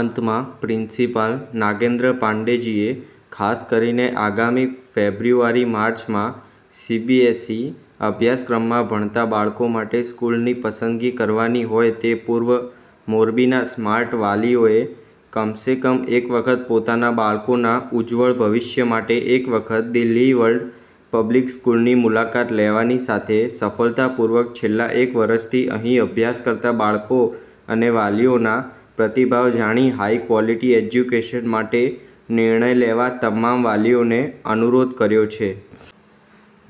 અંતમાં પ્રિન્સિપાલ નાગેન્દ્ર પાંડેજઈએ ખાસ કરીને આગામી ફેબ્રુઆરીમાર્ચમા સીબીએસસી અભ્યાસક્રમમાં ભણતા બાળકો માટે સ્કૂલની પસંદગી કરવાની હોય તે પૂર્વે મોરબીના સ્માર્ટ વાલીઓએ કમસેકમ એક વખત પોતાના બાળકોના ઉજ્જવળ ભવિષ્ય માટે એક વખત દિલ્હી વર્લ્ડ પબ્લિક સ્કૂલની મુલાકાત લેવાની સાથે સફળતા પૂર્વક છેલ્લા એક વર્ષથી અહીં અભ્યાસ કરતા બાળકો અને વાલીઓના પ્રતિભાવ જાણી હાઇક્વોલિટી એજ્યુકેશન માટે નિર્ણય લેવા તમામ વાલીઓને અનુરોધ કર્યો છે.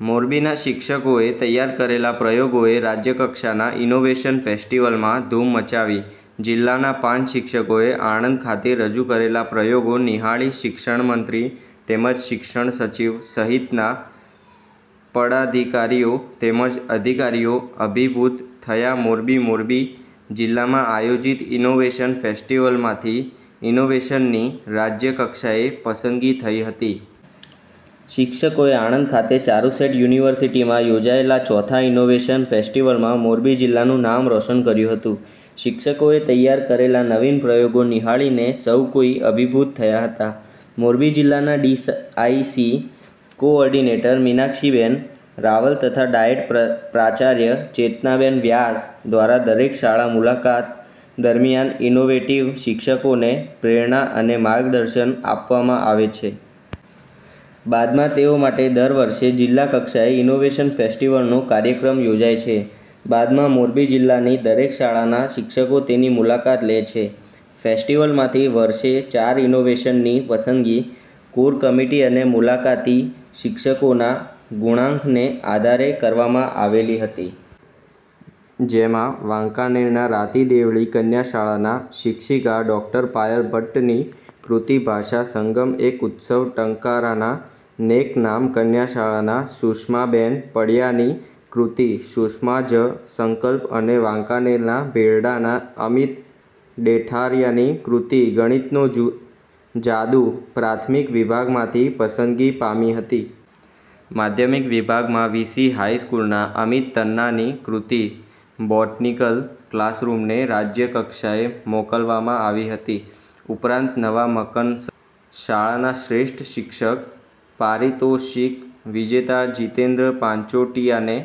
મોરબીના શિક્ષકોએ તૈયાર કરેલા પ્રયોગોએ રાજયકક્ષાના ઇનોવેશન ફેસ્ટિવલમાં ધૂમ મચાવી જિલ્લાના પાંચ શિક્ષકોએ આણંદ ખાતે રજૂ કરેલા પ્રયોગો નિહાળી શિક્ષણમંત્રી તેમજ શિક્ષણસચિવ સહિતના પદાધિકારીઓ તેમજ અધિકારીઓ અભિભૂત થયા મોરબી મોરબી જીલ્લામાં આયોજિત ઇનોવેશન ફેસ્ટીવલમાંથીઇનોવેશનની રાજ્ય કક્ષાએ પસંદગી થઇ હતી. શિક્ષકોએ આણંદ ખાતે ચારુસેટ યુનિવર્સીટીમાં યોજાયેલા ચોથા ઇનોવેશન ફેસ્ટીવલમાં મોરબી જીલ્લાનું નામ રોશન કર્યું હતું. શિક્ષકોએ તૈયાર કરેલાનવીન પ્રયોગો નિહાળીને સૌ કોઈ અભિભૂત થયા હતા. મોરબી જીલ્લાના D I C coordinator Meenakshiben Raval તથા ડાયેટ પ્રાચાર્ય ચેતનાબેન વ્યાસ દ્વારા દરેક શાળા મુલાકાત દરમિયાન ઇનોવેટીવ શિક્ષકોને પ્રેરણા અને માર્ગદર્શન આપવામાં આવે છે. બાદમાં તેઓ માટે દર વર્ષે જીલ્લા કક્ષાએ ઇનોવેશન ફેસ્ટિવલનો કાર્યક્રમ યોજાય છે. બાદમાં મોરબી જીલ્લાની દરેક શાળાના શિક્ષકો તેની મુલાકાત લે છે. ફેસ્ટીવલમાંથીવર્ષે ચાર ઇનોવેશનની પસંદગી, કોર કમિટી અને મુલાકાતી શિક્ષકોના ગુણાંકનને આધારે કરવામાં આવેલી હતી. જેમાં વાંકાનેરના રાતીદેવળી કન્યા શાળાના શિક્ષિકા ડૉ. પાયલ ભટ્ટની કૃતિ ભાષા સંગમએક ઉત્સવ, ટંકારાના નેકનામ કન્યા શાળાના સુષ્માબેન પડયાની કૃતિ 'સુષ્મા'ઝ સંકલ્પ' અને વાંકાનેરના ભેરડાના અમિત દેથારિયાની કૃતિ 'ગણિતનો જાદુ' પ્રાથમિક વિભાગમાંથી પસંદગી પામી હતી. માધ્યમિક વિભાગમાં વી. સી. હાઇસ્કુલના અમિત તન્નાની કૃતિ બોટનીકલ ક્લાસરૂમને રાજય કક્ષાએ મોકલવામાં આવી હતી. ઉપરાંત નવા મકનસર શાળાના શ્રેષ્ઠ શિક્ષક પારિતોષિક વિજેતા જીતેન્દ્ર પાંચોટિયાને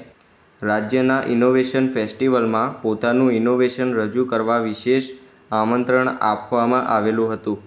રાજ્યના ઇનોવેશન ફેસ્ટીવલમાં પોતાનું ઇનોવેશન રજુ કરવા વિશેષ આમંત્રણ આપવામાં આવેલું હતું.